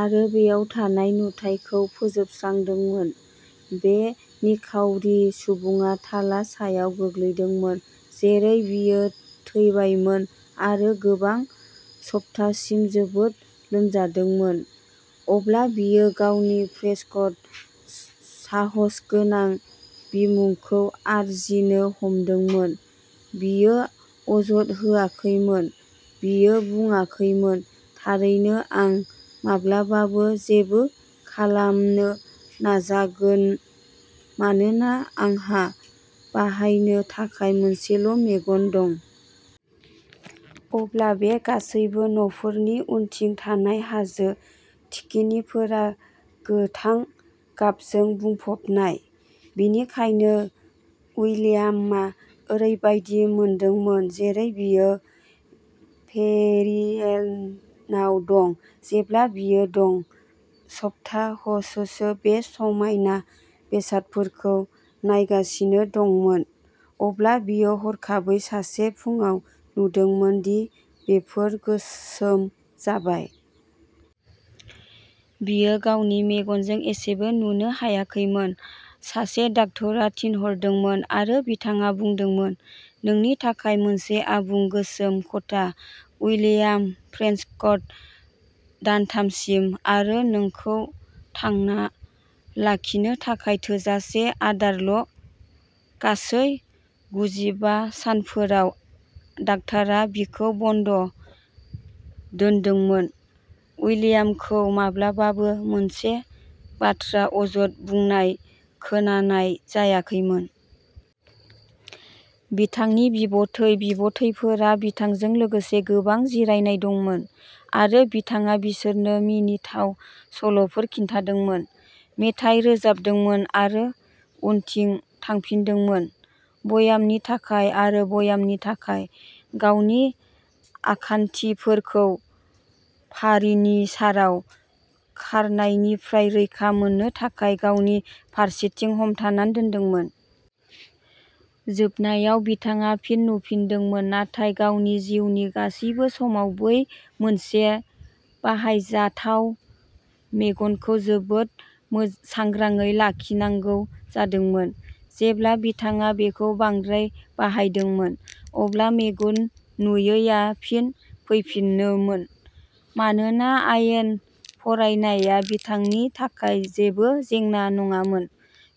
आरो बेयाव थानाय नुथायखौ फोजोबस्रांदोंमोन। बे निखावरि सुबुङा थाला सायाव गोग्लैदोंमोन जेरै बियो थैबायमोन आरो गोबां सप्तासिम जोबोद लोमजादोंमोन। अब्ला बियो गावनि प्रेस्कट, साहसगोनां बिमुंखौ आरजिनो हमदोंमोन। बियो अजद होआखैमोन, बियो बुङाखैमोन "थारैनो, आं माब्लाबाबो जेबो खालामनो नाजागोन, मानोना आंहा बाहायनो थाखाय मोनसेल' मेगन दं।" अब्ला बे गासैबो न'फोरनि उनथिं थानाय हाजो थिखिनिफोरा गोथां गाबजों बुंफबनाय। बेनिखायनो उइलियामआ ओरैबायदि मोनदोंमोन जेरै बियो फेयरीयेन्डआव दं। जेब्ला बियो दं सप्ताहसोसो बे समायना बेसादफोरखौ नायगासिनो दंमोन, अब्ला बियो हरखाबै, सासे फुंआव, नुदोंमोन दि बेफोर गोसोम जाबाय। बियो गावनि मेगनजों एसेबो नुनो हायाखैमोन! सासे डाक्टरा थिनहरदोंमोन आरो बिथाङा बुंदोंमोन "नोंनि थाखाय मोनसे आबुं गोसोम खथा, उइलियाम प्रेस्कट, दानथामसिम, आरो नोंखौ थांना लाखिनो थाखाय थोजासे आदारल'गासै गुजिबा सानफोराव डाक्टारा बिखौ बन्द' दोनदोंमोन, उइलियामखौ माब्लाबाबो मोनसे बाथ्रा अजद बुंनाय खोनानाय जायाखैमोन। बिथांनि बिबथै बिबथैफोरा बिथांजों लोगोसे गोबां जिरायना दंमोन, आरो बिथाङा बिसोरनो मिनिथाव सल'फोर खिन्थादोंमोन, मेथाइ रोजाबदोंमोन, आरो उनथिं थांफिनदोंमोन। ब्यामनि थाखाय आरो ब्यामनि थाखाय, गावनि आखान्थिफोरखौ फारिनिसाराव खारनायनिफ्राय रैखा मोननो थाखाय गावनि फारसेथिं हमथाना दोनदोंमोन। जोबनायाव बिथाङा फिन नुफिनदोंमोन नाथाय गावनि जिउनि गासिबो समाव बै मोनसे बाहायजाथाव मेगनखौ जोबोद सांग्राङै लाखिनांगौ जादोंमोन। जेब्ला बिथाङा बेखौ बांद्राय बाहायदोंमोन, अब्ला मेगन नुयैआ फिन फैफिनोमोन। मानोना आयेन फरायनाया बिथांनि थाखाय जेबो जेंना नङामोन,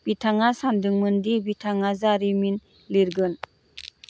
बिथाङा सानदोंमोन दि बिथाङा जारिमिन लिरगोन।